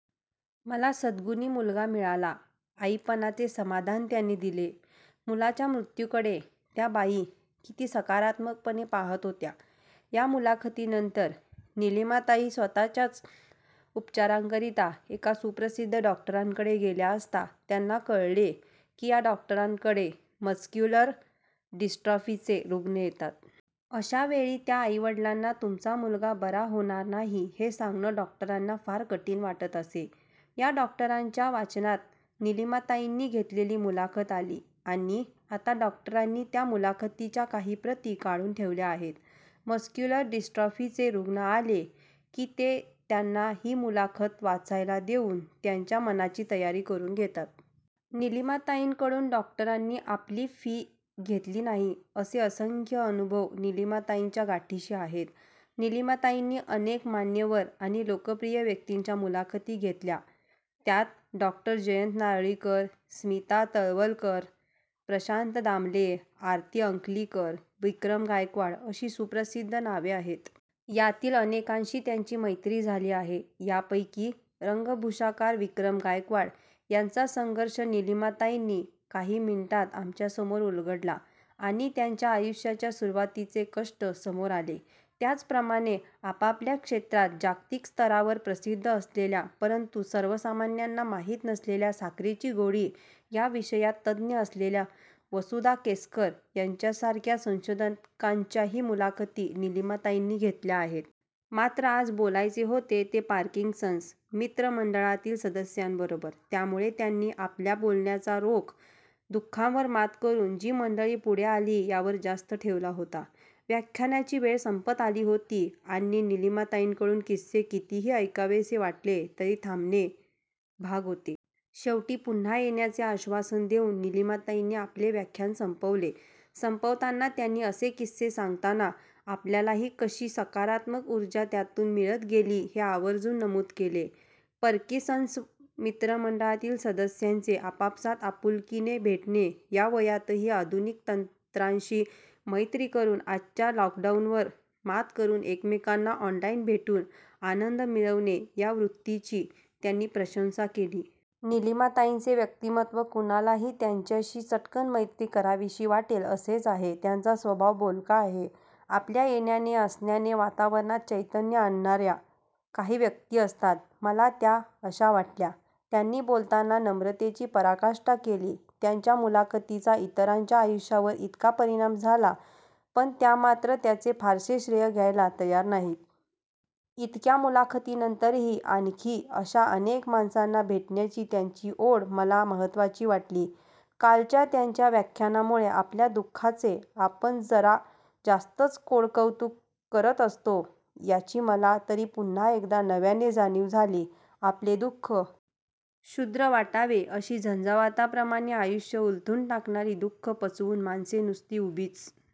मला सद्गुणी मुलगा मिळाला. आईपणाचे समाधान त्याने दिले. मुलाच्या मृत्युकडे त्या बाई किती सकारात्मकपणे पाहात होत्या. या मुलाखतीनंतर निलिमाताई स्वतःच्याच उपचाराकरीता एका सुप्रसिद्ध डॉक्टरांकडे गेल्या असता त्यांना कळले की या डॉक्टरांकडे मस्क्युलर डिस्ट्रॉफीचे रुग्ण येतात. अशावेळी त्या आईवडिलांना तुमचा मुलगा बरा होणार नाही हे सांगणं डॉक्टरांना फार कठीण वाटत असे. या डॉक्टरांच्या वाचनात निलिमाताईंनी घेतलेली मुलाखत आली. आणि आता डॉक्टरांनी त्या मुलाखतींच्या काही प्रती काढून ठेवल्या आहेत. मस्क्युलर डिस्ट्रॉफीचे रुग्ण आले की ते त्यांना ही मुलाखत वाचायला देऊन त्यांच्या मनाची तयारी करून घेतात. निलिमाताईंकडून डॉक्टरांनी आपली फी घेतली नाही. असे असंख्य अनुभव निलिमाताईंच्या गाठीशी आहेत. निलिमाताईंनी अनेक मान्यवर आणि लोकप्रिय व्यक्तींच्या मुलाखती घेतल्या. त्यात डॉ. जयंत नारळीकर, स्मिता तळवलकर, प्रशांत दामले, आरती अंकलिकर, विक्रम गायकवाड अशी सुप्रसिद्ध नावे आहेत. यातील अनेकांशी त्यांची मैत्री झाली आहे. यापैकी रंगभूषाकार विक्रम गायकवाड यांचा संघर्ष निलिमाताईंनी काही मिनिटात आमच्यासमोर उलगडला आणि त्यांच्या आयुष्याच्या सुरुवातीचे कष्ट समोर आले. त्याचप्रमाणे आपापल्या क्षेत्रात जागतिक स्तरावर प्रसिद्ध असलेल्या परंतु सर्वसामान्यांना माहित नसलेल्या साखरेची गोडी या विषयात तज्ञ असलेल्या वसुधा केसकर यांच्यासारख्या संशोधकाच्याही मुलाखती निलिमाताईंनी घेतल्या आहेत. मात्र आज बोलायचे होते ते पार्किन्सन्स मित्रमंडळातील सदस्यांबरोबर. त्यामुळे त्यांनी आपल्या बोलण्याचा रोख दु:खांवर मात करून जी मंडळी पुढे आली यावर जास्त ठेवला होता. व्याख्यानाची वेळ संपत आली होती आणि निलिमाताईंकडून किस्से कितीही ऐकावेसे वाटले तरी थांबणे भाग होते. शेवटी पुन्हा येण्याचे आश्वासन देऊन निलिमाताईंनी आपले व्याख्यान संपवले. संपवताना त्यांनी असे किस्से सांगताना आपल्यालाही कशी सकारात्मक उर्जा त्यातून मिळत गेली हे आवर्जून नमूद केले. पार्किन्सन्स मित्रमंडळातील सदस्यांचे आपापसात आपुलकिने भेटणे, या वयातही आधुनिक तंत्राशी मैत्री करून आजच्या लॉकडाऊनवर मात करून एकमेकांना ऑनलाईन भेटून आनंद मिळवणे या वृत्तीची त्यांनी प्रशंसा केली. निलिमाताईंचे व्यक्तीमत्व कुणालाही त्यांच्याशी चटकन मैत्री कराविशी वाटेल असेच आहे. त्यांचा स्वभाव बोलका आहे. आपल्या येण्याने, असण्याने वातावरणात चैतन्य आणणार्या काही व्यक्ती असतात. मला त्या अशा वाटल्या. त्यांनी बोलताना नम्रतेची पराकाष्ठा केली. त्यांच्या मुलाखतींचा इतरांच्या आयुष्यावर इतका परिणाम झाला पण त्या मात्र त्याचे फारसे श्रेय घ्यायला तयार नाहीत. इतक्या मुलाखतींनंतरही आणखी अशा अनेक माणसांना भेटण्याची त्यांची ओढ मला महत्त्वाची वाटली. कालच्या त्यांच्या व्याख्यानामुळे आपल्या दु:खाचे आपण जरा जास्तच कोडकौतुक करत असतो याची मला तरी पुन्हा एकदा नव्याने जाणीव झाली. आपले दु:ख क्षुद्र वाटावे अशी झंझावाताप्रमाणे आयुष्य उलथून टाकणारी दु; खं पचवून माणसे नुसती उभीच